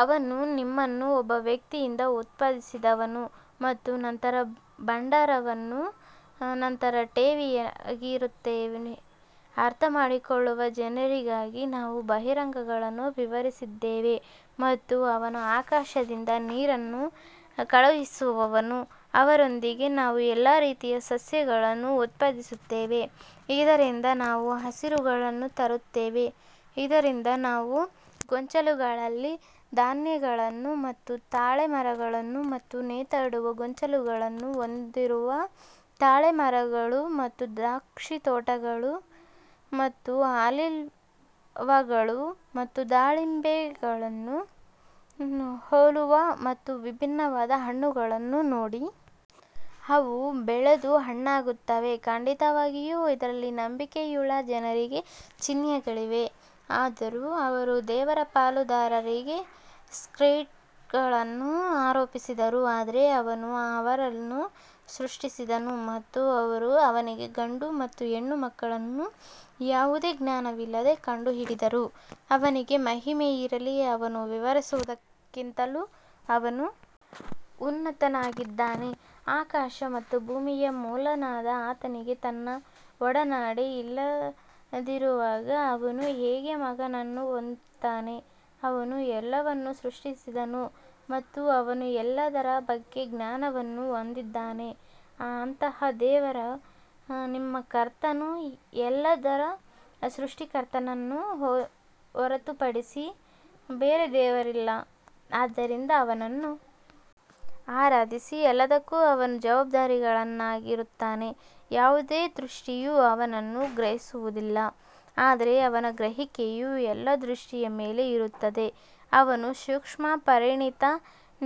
ಅವನು ನಿಮ್ಮನ್ನು ಒಬ್ಬ ವ್ಯಕ್ತಿಯಿಂದ ಉತ್ಪಾದಿಸಿದವನು ಮತ್ತು ನಂತರ ಭಂಡಾರವನ್ನು ನಂತರ ಠೇವಣಿಯಾಗಿರುತ್ತೇವೆ, ಅರ್ಥಮಾಡಿಕೊಳ್ಳುವ ಜನರಿಗಾಗಿ ನಾವು ಬಹಿರಂಗಗಳನ್ನು ವಿವರಿಸಿದ್ದೇವೆ. ಮತ್ತು ಅವನು ಆಕಾಶದಿಂದ ನೀರನ್ನು ಕಳುಹಿಸುವವನು ಅದರೊಂದಿಗೆ ನಾವು ಎಲ್ಲಾ ರೀತಿಯ ಸಸ್ಯಗಳನ್ನು ಉತ್ಪಾದಿಸುತ್ತೇವೆ ಇದರಿಂದ ನಾವು ಹಸಿರುಗಳನ್ನು ತರುತ್ತೇವೆ ಇದರಿಂದ ನಾವು ಗೊಂಚಲುಗಳಲ್ಲಿ ಧಾನ್ಯಗಳನ್ನು ಮತ್ತು ತಾಳೆ ಮರಗಳು ಮತ್ತು ನೇತಾಡುವ ಗೊಂಚಲುಗಳನ್ನು ಹೊಂದಿರುವ ತಾಳೆ ಮರಗಳು ಮತ್ತು ದ್ರಾಕ್ಷಿತೋಟಗಳು ಮತ್ತು ಆಲಿವ್ಗಳು ಮತ್ತು ದಾಳಿಂಬೆಗಳನ್ನು ಹೋಲುವ ಮತ್ತು ವಿಭಿನ್ನವಾದ ಹಣ್ಣುಗಳನ್ನು ನೋಡಿ. ಅವು ಬೆಳೆದು ಹಣ್ಣಾಗುತ್ತವೆ ಖಂಡಿತವಾಗಿಯೂ ಇದರಲ್ಲಿ ನಂಬಿಕೆಯುಳ್ಳ ಜನರಿಗೆ ಚಿಹ್ನೆಗಳಿವೆ ಆದರೂ ಅವರು ದೇವರ ಪಾಲುದಾರರಿಗೆ ಸ್ಪ್ರಿಟ್ಗಳನ್ನು ಆರೋಪಿಸಿದರು, ಆದರೆ ಅವನು ಅವರನ್ನು ಸೃಷ್ಟಿಸಿದನು ಮತ್ತು ಅವರು ಅವನಿಗೆ ಗಂಡು ಮತ್ತು ಹೆಣ್ಣುಮಕ್ಕಳನ್ನು ಯಾವುದೇ ಜ್ಞಾನವಿಲ್ಲದೆ ಕಂಡುಹಿಡಿದರು, ಅವನಿಗೆ ಮಹಿಮೆ ಇರಲಿ, ಅವರು ವಿವರಿಸುವುದಕ್ಕಿಂತಲೂ ಅವನು ಉನ್ನತನಾಗಿದ್ದಾನೆ ಆಕಾಶ ಮತ್ತು ಭೂಮಿಯ ಮೂಲನಾದ ಆತನಿಗೆ ತನ್ನ ಒಡನಾಡಿ ಇಲ್ಲದಿರುವಾಗ ಅವನು ಹೇಗೆ ಮಗನನ್ನು ಹೊಂದುತ್ತಾನೆ, ಅವನು ಎಲ್ಲವನ್ನೂ ಸೃಷ್ಟಿಸಿದನು ಮತ್ತು ಅವನು ಎಲ್ಲದರ ಬಗ್ಗೆ ಜ್ಞಾನವನ್ನು ಹೊಂದಿದ್ದಾನೆ ಅಂತಹ ದೇವರು ನಿಮ್ಮ ಕರ್ತನು ಎಲ್ಲದರ ಸೃಷ್ಟಿಕರ್ತನನ್ನು ಹೊರತುಪಡಿಸಿ ಬೇರೆ ದೇವರಿಲ್ಲ ಆದ್ದರಿಂದ ಅವನನ್ನು ಆರಾಧಿಸಿ ಎಲ್ಲದಕ್ಕೂ ಅವನು ಜವಾಬ್ದಾರನಾಗಿರುತ್ತಾನೆ ಯಾವುದೇ ದೃಷ್ಟಿಯು ಅವನನ್ನು ಗ್ರಹಿಸುವುದಿಲ್ಲ ಆದರೆ ಅವನ ಗ್ರಹಿಕೆಯು ಎಲ್ಲಾ ದೃಷ್ಟಿಯ ಮೇಲೆ ಇರುತ್ತದೆ ಅವನು ಸೂಕ್ಷ್ಮ ಪರಿಣಿತ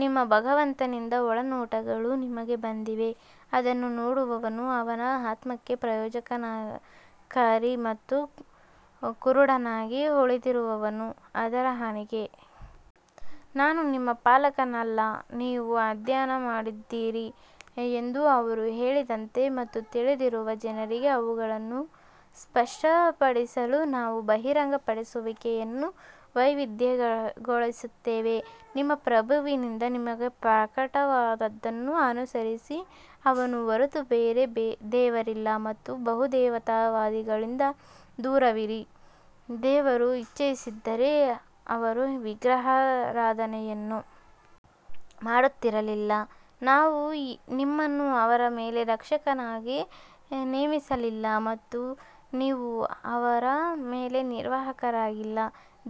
ನಿಮ್ಮ ಭಗವಂತನಿಂದ ಒಳನೋಟಗಳು ನಿಮಗೆ ಬಂದಿವೆ, ಅದನ್ನು ನೋಡುವವನು ಅವನ ಆತ್ಮಕ್ಕೆ ಪ್ರಯೋಜನಕಾರಿ ಮತ್ತು ಕುರುಡನಾಗಿ ಉಳಿದಿರುವವನು ಅದರ ಹಾನಿಗೆ ನಾನು ನಿಮ್ಮ ಪಾಲಕನಲ್ಲ ನೀವು ಅಧ್ಯಯನ ಮಾಡಿದ್ದೀರಿ ಎಂದು ಅವರು ಹೇಳದಂತೆ ಮತ್ತು ತಿಳಿದಿರುವ ಜನರಿಗೆ ಅವುಗಳನ್ನು ಸ್ಪಷ್ಟಪಡಿಸಲು ನಾವು ಬಹಿರಂಗಪಡಿಸುವಿಕೆಯನ್ನು ವೈವಿಧ್ಯಗೊಳಿಸುತ್ತೇವೆ ನಿಮ್ಮ ಪ್ರಭುವಿನಿಂದ ನಿಮಗೆ ಪ್ರಕಟವಾದದ್ದನ್ನು ಅನುಸರಿಸಿ, ಅವನ ಹೊರತು ಬೇರೆ ದೇವರಿಲ್ಲ ಮತ್ತು ಬಹುದೇವತಾವಾದಿಗಳಿಂದ ದೂರವಿರಿ ದೇವರು ಇಚ್ಛಿಸಿದ್ದರೆ ಅವರು ವಿಗ್ರಹಾರಾಧನೆಯನ್ನು ಮಾಡುತ್ತಿರಲಿಲ್ಲ, ನಾವು ನಿಮ್ಮನ್ನು ಅವರ ಮೇಲೆ ರಕ್ಷಕನಾಗಿ ನೇಮಿಸಲಿಲ್ಲ ಮತ್ತು ನೀವು ಅವರ ಮೇಲೆ ನಿರ್ವಾಹಕರಾಗಿಲ್ಲ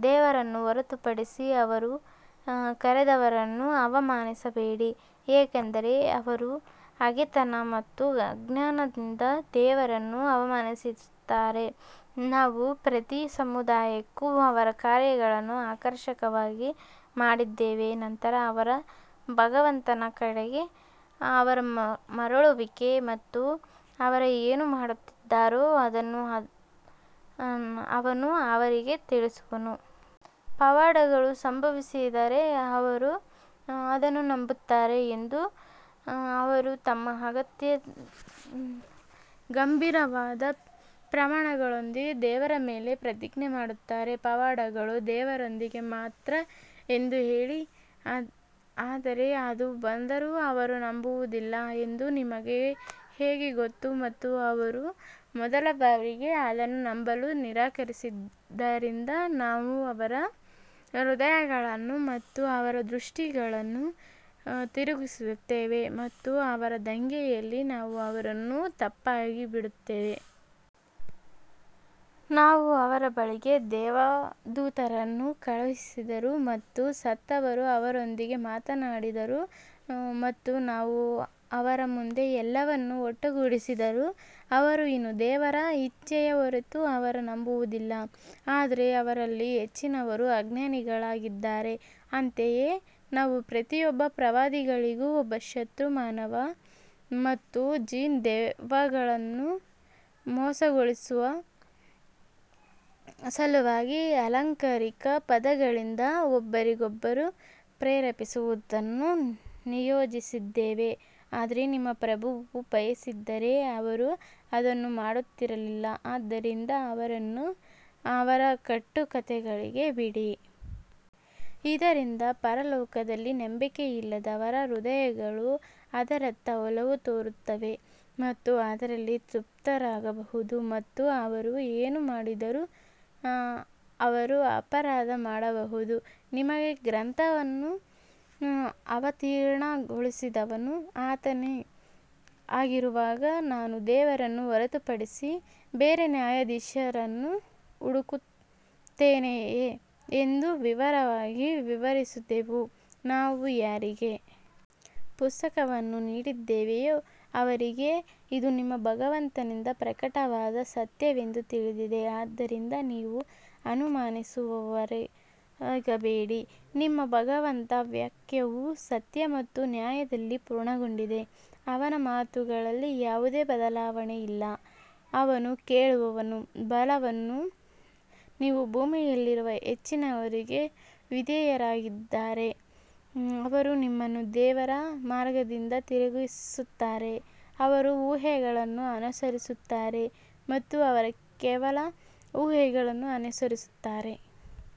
ದೇವರನ್ನು ಹೊರತುಪಡಿಸಿ ಅವರು ಕರೆದವರನ್ನು ಅವಮಾನಿಸಬೇಡಿ, ಏಕೆಂದರೆ ಅವರು ಹಗೆತನ ಮತ್ತು ಅಜ್ಞಾನದಿಂದ ದೇವರನ್ನು ಅವಮಾನಿಸುತ್ತಾರೆ, ನಾವು ಪ್ರತಿ ಸಮುದಾಯಕ್ಕೂ ಅವರ ಕಾರ್ಯಗಳನ್ನು ಆಕರ್ಷಕವಾಗಿ ಮಾಡಿದ್ದೇವೆ ನಂತರ ಅವರ ಭಗವಂತನ ಕಡೆಗೆ ಅವರ ಮರಳುವಿಕೆ ಮತ್ತು ಅವರು ಏನು ಮಾಡುತ್ತಿದ್ದಾರೋ ಅದನ್ನು ಅವನು ಅವರಿಗೆ ತಿಳಿಸುವನು. ಪವಾಡಗಳು ಸಂಭವಿಸಿದರೆ ಅವರು ಅದನ್ನು ನಂಬುತ್ತಾರೆ ಎಂದು ಅವರು ತಮ್ಮ ಅತ್ಯಂತ ಗಂಭೀರವಾದ ಪ್ರಮಾಣಗಳೊಂದಿಗೆ ದೇವರ ಮೇಲೆ ಪ್ರತಿಜ್ಞೆ ಮಾಡುತ್ತಾರೆ, ಪವಾಡಗಳು ದೇವರೊಂದಿಗೆ ಮಾತ್ರ ಎಂದು ಹೇಳಿ ಆದರೆ ಅದು ಬಂದರೂ ಅವರು ನಂಬುವುದಿಲ್ಲ ಎಂದು ನಿಮಗೆ ಹೇಗೆ ಗೊತ್ತು ಮತ್ತು ಅವರು ಮೊದಲ ಬಾರಿಗೆ ಅದನ್ನು ನಂಬಲು ನಿರಾಕರಿಸಿದ್ದರಿಂದ ನಾವು ಅವರ ಹೃದಯಗಳನ್ನು ಮತ್ತು ಅವರ ದೃಷ್ಟಿಗಳನ್ನು ತಿರುಗಿಸುತ್ತೇವೆ ಮತ್ತು ಅವರ ದಂಗೆಯಲ್ಲಿ ನಾವು ಅವರನ್ನು ತಪ್ಪಾಗಿ ಬಿಡುತ್ತೇವೆ. ನಾವು ಅವರ ಬಳಿಗೆ ದೇವದೂತರನ್ನು ಕಳುಹಿಸಿದರೂ ಮತ್ತು ಸತ್ತವರು ಅವರೊಂದಿಗೆ ಮಾತನಾಡಿದರೂ ಮತ್ತು ನಾವು ಅವರ ಮುಂದೆ ಎಲ್ಲವನ್ನು ಒಟ್ಟುಗೂಡಿಸಿದರೂ ಅವರು ಇನ್ನೂ ದೇವರ ಇಚ್ಛೆಯ ಹೊರತು ಅವರು ನಂಬುವುದಿಲ್ಲ ಆದರೆ ಅವರಲ್ಲಿ ಹೆಚ್ಚಿನವರು ಅಜ್ಞಾನಿಗಳಾಗಿದ್ದಾರೆ. ಅಂತೆಯೇ ನಾವು ಪ್ರತಿಯೊಬ್ಬ ಪ್ರವಾದಿಗಳಿಗೂ ಒಬ್ಬ ಶತ್ರು ಮಾನವ ಮತ್ತು ಜಿನ್ ದೆವ್ವಗಳನ್ನು ಮೋಸಗೊಳಿಸುವ ಸಲುವಾಗಿ ಅಲಂಕಾರಿಕ ಪದಗಳಿಂದ ಒಬ್ಬರಿಗೊಬ್ಬರು ಪ್ರೇರೇಪಿಸುವುದನ್ನು ನಿಯೋಜಿಸಿದ್ದೇವೆ ಆದರೆ ನಿಮ್ಮ ಪ್ರಭುವು ಬಯಸಿದ್ದರೆ ಅವರು ಅದನ್ನು ಮಾಡುತ್ತಿರಲಿಲ್ಲ ಆದ್ದರಿಂದ ಅವರನ್ನು ಅವರ ಕಟ್ಟುಕಥೆಗಳಿಗೆ ಬಿಡಿ. ಇದರಿಂದ ಪರಲೋಕದಲ್ಲಿ ನಂಬಿಕೆಯಿಲ್ಲದವರ ಹೃದಯಗಳು ಅದರತ್ತ ಒಲವು ತೋರುತ್ತವೆ ಮತ್ತು ಅದರಲ್ಲಿ ತೃಪ್ತರಾಗಬಹುದು ಮತ್ತು ಅವರು ಏನು ಮಾಡಿದರೂ ಅವರು ಅಪರಾಧ ಮಾಡಬಹುದು. ನಿಮಗೆ ಗ್ರಂಥವನ್ನು ಅವತೀರ್ಣಗೊಳಿಸಿದವನು ಆತನೇ ಆಗಿರುವಾಗ ನಾನು ದೇವರನ್ನು ಹೊರತುಪಡಿಸಿ ಬೇರೆ ನ್ಯಾಯಾಧೀಶರನ್ನು ಹುಡುಕುತ್ತೇನೆಯೇ ಎಂದು ವಿವರವಾಗಿ ವಿವರಿಸಿದೆವು ನಾವು ಯಾರಿಗೆ ಪುಸ್ತಕವನ್ನು ನೀಡಿದ್ದೇವೆಯೋ ಅವರಿಗೆ ಇದು ನಿಮ್ಮ ಭಗವಂತನಿಂದ ಪ್ರಕಟವಾದ ಸತ್ಯವೆಂದು ತಿಳಿದಿದೆ ಆದ್ದರಿಂದ ನೀವು ಅನುಮಾನಿಸುವವರಾಗಬೇಡಿ ನಿಮ್ಮ ಭಗವಂತನ ವಾಕ್ಯವು ಸತ್ಯ ಮತ್ತು ನ್ಯಾಯದಲ್ಲಿ ಪೂರ್ಣಗೊಂಡಿದೆ, ಅವನ ಮಾತುಗಳಲ್ಲಿ ಯಾವುದೇ ಬದಲಾವಣೆಯಿಲ್ಲ, ಅವನು ಕೇಳುವವನು ಬಲ್ಲವನು ನೀವು ಭೂಮಿಯಲ್ಲಿರುವ ಹೆಚ್ಚಿನವರಿಗೆ ವಿಧೇಯರಾಗಿದ್ದರೆ ಅವರು ನಿಮ್ಮನ್ನು ದೇವರ ಮಾರ್ಗದಿಂದ ತಿರುಗಿಸುತ್ತಾರೆ, ಅವರು ಊಹೆಗಳನ್ನು ಅನುಸರಿಸುತ್ತಾರೆ ಮತ್ತು ಅವರು ಕೇವಲ ಊಹೆಗಳನ್ನು ಅನುಸರಿಸುತ್ತಾರೆ.